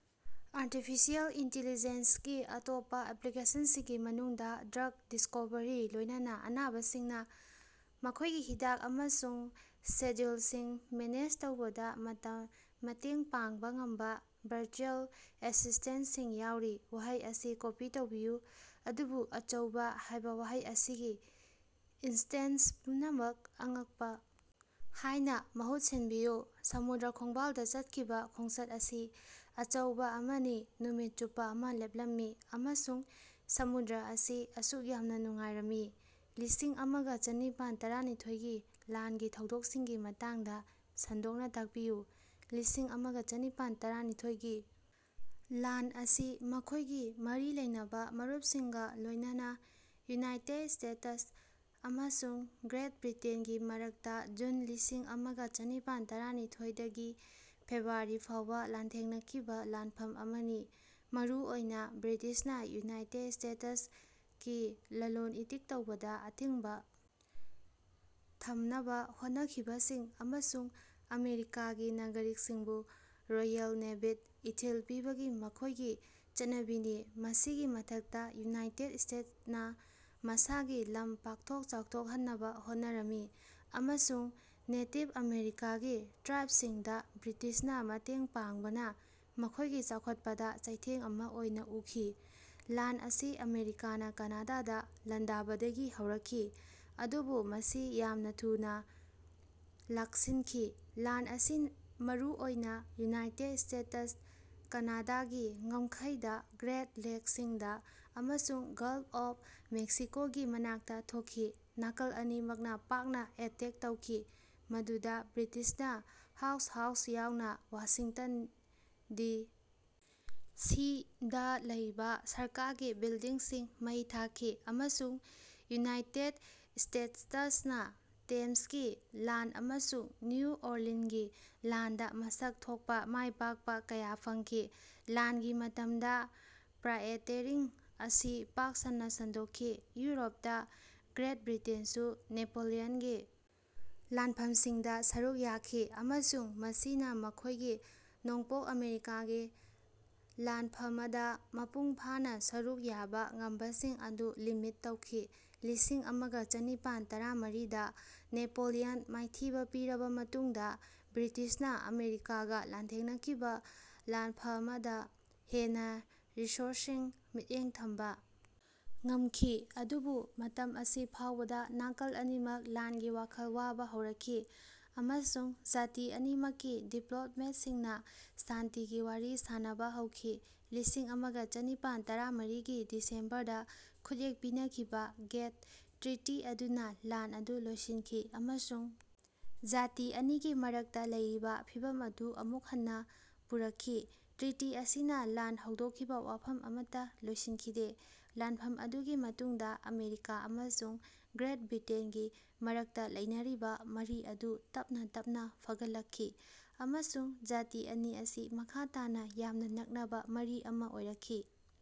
Artificial ꯏꯟꯇꯦꯂꯤꯖꯦꯟꯁꯒꯤ ꯑꯇꯣꯞꯄ ꯑꯦꯄ꯭ꯂꯤꯀꯦꯁꯟꯁꯤꯡꯒꯤ ꯃꯅꯨꯡꯗ drug discovery, ꯂꯣꯏꯅꯅ ꯑꯅꯥꯕꯁꯤꯡꯅ ꯃꯈꯣꯏꯒꯤ ꯍꯤꯗꯥꯛ ꯑꯃꯁꯨꯡ ꯁꯦꯗ꯭ꯌꯨꯜꯁꯤꯡ ꯃꯦꯅꯦꯖ ꯇꯧꯕꯗ ꯃꯇꯝ ꯃꯇꯦꯡ ꯄꯥꯡꯕ ꯉꯝꯕ ꯚꯔꯆꯨꯑꯦꯜ ꯑꯦꯁꯤꯁꯇꯦꯟꯇꯁꯤꯡ ꯌꯥꯎꯔꯤ꯫ ꯋꯥꯍꯩ ꯑꯁꯤ ꯀꯣꯄꯤ ꯇꯧꯕꯤꯌꯨ ꯑꯗꯨꯕꯨ "ꯑꯆꯧꯕ" ꯍꯥꯏꯕ ꯋꯥꯍꯩ ꯑꯁꯤꯒꯤ ꯏꯟꯁꯇꯦꯟꯁ ꯄꯨꯝꯅꯃꯛ "ꯑꯉꯛꯄ" ꯍꯥꯏꯅ ꯃꯍꯨꯠ ꯁꯤꯟꯕꯤꯌꯨ꯫ ꯁꯃꯨꯗ꯭ꯔ ꯈꯣꯡꯕꯥꯜꯗ ꯆꯠꯈꯤꯕ ꯈꯣꯡꯆꯠ ꯑꯁꯤ ꯑꯆꯧꯕ ꯑꯃꯅꯤ ꯅꯨꯃꯤꯠ ꯆꯨꯞꯄ ꯑꯃ ꯂꯦꯞꯂꯝꯃꯤ ꯑꯃꯁꯨꯡ ꯁꯃꯨꯗ꯭ꯔ ꯑꯁꯤ ꯑꯁꯨꯛ ꯌꯥꯝꯅ ꯅꯨꯡꯉꯥꯏꯔꯝꯃꯤ꯫ ꯂꯤꯁꯤꯡ ꯑꯃꯒ ꯆꯅꯤꯄꯥꯟ ꯇꯔꯥꯅꯤꯊꯣꯏꯒꯤ ꯂꯥꯟꯒꯤ ꯊꯧꯗꯣꯛꯁꯤꯡꯒꯤ ꯃꯇꯥꯡꯗ ꯁꯟꯗꯣꯛꯅ ꯇꯥꯛꯄꯤꯌꯨ꯫ ꯂꯤꯁꯤꯡ ꯑꯃꯒ ꯆꯅꯤꯄꯥꯟ ꯇꯔꯥꯅꯤꯊꯣꯏꯒꯤ ꯂꯥꯟ ꯑꯁꯤ ꯃꯈꯣꯏꯒꯤ ꯃꯔꯤ ꯂꯩꯅꯕ ꯃꯔꯨꯞꯁꯤꯡꯒ ꯂꯣꯏꯅꯅ ꯌꯨꯅꯥꯏꯇꯦꯗ ꯁ꯭ꯇꯦꯇꯁ ꯑꯃꯁꯨꯡ ꯒ꯭ꯔꯦꯠ ꯕ꯭ꯔꯤꯇꯦꯟꯒꯤ ꯃꯔꯛꯇ ꯖꯨꯟ ꯂꯤꯁꯤꯡ ꯑꯃꯒ ꯆꯅꯤꯄꯥꯟ ꯇꯔꯥꯅꯤꯊꯣꯏ ꯗꯒꯤ ꯐꯦꯕꯋꯥꯔꯤ ꯐꯥꯎꯕ ꯂꯥꯟꯊꯦꯡꯅꯈꯤꯕ ꯂꯥꯟꯐꯝ ꯑꯃꯅꯤ, ꯃꯔꯨ ꯑꯣꯏꯅ ꯕ꯭ꯔꯤꯇꯤꯁꯅ ꯌꯨꯅꯥꯏꯇꯦꯗ ꯁ꯭ꯇꯦꯇꯁ ꯀꯤ ꯂꯂꯣꯟ-ꯏꯇꯤꯛ ꯇꯧꯕꯗ ꯑꯊꯤꯡꯕ ꯊꯝꯅꯕ ꯍꯣꯠꯅꯈꯤꯕꯁꯤꯡ ꯑꯃꯁꯨꯡ ꯑꯃꯦꯔꯤꯀꯥꯒꯤ ꯅꯥꯒꯔꯤꯛꯁꯤꯡꯕꯨ ꯔꯣꯌꯦꯜ ꯅꯦꯚꯤꯗ ꯏꯊꯤꯜ ꯄꯤꯕꯒꯤ ꯃꯈꯣꯏꯒꯤ ꯆꯠꯅꯕꯤꯅꯤ꯫ ꯃꯁꯤꯒꯤ ꯃꯊꯛꯇ ꯌꯨꯅꯥꯏꯇꯦꯗ ꯁ꯭ꯇꯦꯇꯅ ꯃꯁꯥꯒꯤ ꯂꯝ ꯄꯥꯛꯊꯣꯛ ꯆꯥꯎꯊꯣꯛꯍꯟꯅꯕ ꯍꯣꯠꯅꯔꯝꯃꯤ ꯑꯃꯁꯨꯡ ꯅꯦꯇꯤꯚ ꯑꯃꯦꯔꯤꯀꯥꯒꯤ ꯇ꯭ꯔꯥꯏꯕꯁꯤꯡꯗ ꯕ꯭ꯔꯤꯇꯤꯁꯅ ꯃꯇꯦꯡ ꯄꯥꯡꯕꯅ ꯃꯈꯣꯏꯒꯤ ꯆꯥꯎꯈꯠꯄꯗ ꯆꯩꯊꯦꯡ ꯑꯃ ꯑꯣꯏꯅ ꯎꯈꯤ꯫ ꯂꯥꯟ ꯑꯁꯤ ꯑꯃꯦꯔꯤꯀꯥꯅ ꯀꯅꯥꯗꯥꯗ ꯂꯥꯟꯗꯥꯕꯗꯒꯤ ꯍꯧꯔꯛꯈꯤ, ꯑꯗꯨꯕꯨ ꯃꯁꯤ ꯌꯥꯝꯅ ꯊꯨꯅ ꯂꯥꯛꯁꯤꯟꯈꯤ꯫ ꯂꯥꯟ ꯑꯁꯤ ꯃꯔꯨꯑꯣꯏꯅ ꯌꯨꯅꯥꯏꯇꯦꯗ ꯁ꯭ꯇꯦꯇꯁ -ꯀꯅꯥꯗꯥꯒꯤ ꯉꯝꯈꯩꯗ, ꯒ꯭ꯔꯦꯠ ꯂꯦꯛꯁꯤꯡꯗ ꯑꯃꯁꯨꯡ ꯒꯜꯐ ꯑꯣꯐ ꯃꯦꯛꯁꯤꯀꯣꯒꯤ ꯃꯅꯥꯛꯇ ꯊꯣꯛꯈꯤ꯫ ꯅꯥꯀꯜ ꯑꯅꯤꯃꯛꯅ ꯄꯥꯛꯅ ꯑꯦꯇꯦꯛ ꯇꯧꯈꯤ, ꯃꯗꯨꯗ ꯕ꯭ꯔꯤꯇꯤꯁꯅ ꯍꯥꯎꯁ ꯍꯥꯎꯁ ꯌꯥꯎꯅ ꯋꯥꯁꯤꯡꯇꯟ ꯗꯤ. ꯁꯤ. ꯗꯥ ꯂꯩꯕ ꯁꯔꯀꯥꯔꯒꯤ ꯕꯤꯜꯗꯤꯡꯁꯤꯡ ꯃꯩ ꯊꯥꯈꯤ ꯑꯃꯁꯨꯡ ꯌꯨꯅꯥꯏꯇꯦꯗ ꯁ꯭ꯇꯦꯇꯁ ꯅ ꯇꯦꯝꯁꯀꯤ ꯂꯥꯟ ꯑꯃꯁꯨꯡ ꯅ꯭ꯌꯨ ꯑꯣꯔꯂꯤꯟꯒꯤ ꯂꯥꯟꯗ ꯃꯁꯛ ꯊꯣꯛꯄ ꯃꯥꯏꯄꯥꯛꯄ ꯀꯌꯥ ꯐꯪꯈꯤ꯫ ꯂꯥꯟꯒꯤ ꯃꯇꯝꯗ ꯄ꯭ꯔꯥꯏꯑꯦꯇꯦꯔꯤꯡ ꯑꯁꯤ ꯄꯥꯛ ꯁꯟꯅ ꯁꯟꯗꯣꯛꯈꯤ꯫ ꯌꯨꯔꯣꯞꯇ ꯒ꯭ꯔꯦꯠ ꯕ꯭ꯔꯤꯇꯦꯟꯁꯨ ꯅꯦꯄꯣꯂꯤꯌꯟꯒꯤ ꯂꯥꯟꯐꯝꯁꯤꯡꯗ ꯁꯔꯨꯛ ꯌꯥꯈꯤ, ꯑꯃꯁꯨꯡ ꯃꯁꯤꯅ ꯃꯈꯣꯏꯒꯤ ꯅꯣꯡꯄꯣꯛ ꯑꯃꯦꯔꯤꯀꯥꯒꯤ ꯂꯥꯟꯐꯃꯗ ꯃꯄꯨꯡ ꯐꯥꯅ ꯁꯔꯨꯛ ꯌꯥꯕ ꯉꯝꯕꯁꯤꯡ ꯑꯗꯨ ꯂꯤꯃꯤꯠ ꯇꯧꯈꯤ꯫ ꯂꯤꯁꯤꯡ ꯑꯃꯒ ꯆꯅꯤꯄꯥꯟ ꯇꯔꯥꯃꯔꯤꯗ ꯅꯦꯄꯣꯂꯤꯌꯟ ꯃꯥꯏꯊꯤꯕ ꯄꯤꯔꯕ ꯃꯇꯨꯡꯗ ꯕ꯭ꯔꯤꯇꯤꯁꯅ ꯑꯃꯦꯔꯤꯀꯥꯒ ꯂꯥꯟꯊꯦꯡꯅꯈꯤꯕ ꯂꯥꯟꯐꯃꯗ ꯍꯦꯟꯅ ꯔꯤꯁꯣꯔꯁꯁꯤꯡ ꯃꯤꯠꯌꯦꯡ ꯊꯝꯕ ꯉꯝꯈꯤ꯫ ꯑꯗꯨꯕꯨ ꯃꯇꯝ ꯑꯁꯤ ꯐꯥꯎꯕꯗ ꯅꯥꯀꯜ ꯑꯅꯤꯃꯛ ꯂꯥꯟꯒꯤ ꯋꯥꯈꯜ ꯋꯥꯕ ꯍꯧꯔꯛꯈꯤ ꯑꯃꯁꯨꯡ ꯖꯥꯇꯤ ꯑꯅꯤꯃꯛꯀꯤ ꯗꯤꯄ꯭ꯂꯣꯃꯦꯠꯁꯤꯡꯅ ꯁꯥꯟꯇꯤꯒꯤ ꯋꯥꯔꯤ ꯁꯥꯅꯕ ꯍꯧꯈꯤ꯫ ꯂꯤꯁꯤꯡ ꯑꯃꯒ ꯆꯅꯤꯄꯥꯟ ꯇꯔꯥꯃꯔꯤꯒꯤ ꯗꯤꯁꯦꯝꯕꯔꯗ ꯈꯨꯠꯌꯦꯛ ꯄꯤꯅꯈꯤꯕ ꯒꯦꯠ ꯇ꯭ꯔꯤꯇꯤ ꯑꯗꯨꯅ ꯂꯥꯟ ꯑꯗꯨ ꯂꯣꯏꯁꯤꯟꯈꯤ ꯑꯃꯁꯨꯡ ꯖꯥꯇꯤ ꯑꯅꯤꯒꯤ ꯃꯔꯛꯇ ꯂꯩꯔꯤꯕ ꯐꯤꯚꯝ ꯑꯗꯨ ꯑꯃꯨꯛ ꯍꯟꯅ ꯄꯨꯔꯛꯈꯤ꯫ ꯇ꯭ꯔꯤꯇꯤ ꯑꯁꯤꯅ ꯂꯥꯟ ꯍꯧꯗꯣꯛꯈꯤꯕ ꯋꯥꯐꯝ ꯑꯃꯠꯇ ꯂꯣꯏꯁꯤꯟꯈꯤꯗꯦ꯫ ꯂꯥꯟꯐꯝ ꯑꯗꯨꯒꯤ ꯃꯇꯨꯡꯗ ꯑꯃꯦꯔꯤꯀꯥ ꯑꯃꯁꯨꯡ ꯒ꯭ꯔꯦꯠ ꯕ꯭ꯔꯤꯇꯦꯟꯒꯤ ꯃꯔꯛꯇ ꯂꯩꯅꯔꯤꯕ ꯃꯔꯤ ꯑꯗꯨ ꯇꯞꯅ ꯇꯞꯅ ꯐꯒꯠꯂꯛꯈꯤ, ꯑꯃꯁꯨꯡ ꯖꯥꯇꯤ ꯑꯅꯤ ꯑꯁꯤ ꯃꯈꯥ ꯇꯥꯅ ꯌꯥꯝꯅ ꯅꯛꯅꯕ ꯃꯔꯤ ꯑꯃ ꯑꯣꯏꯔꯛꯈꯤ꯫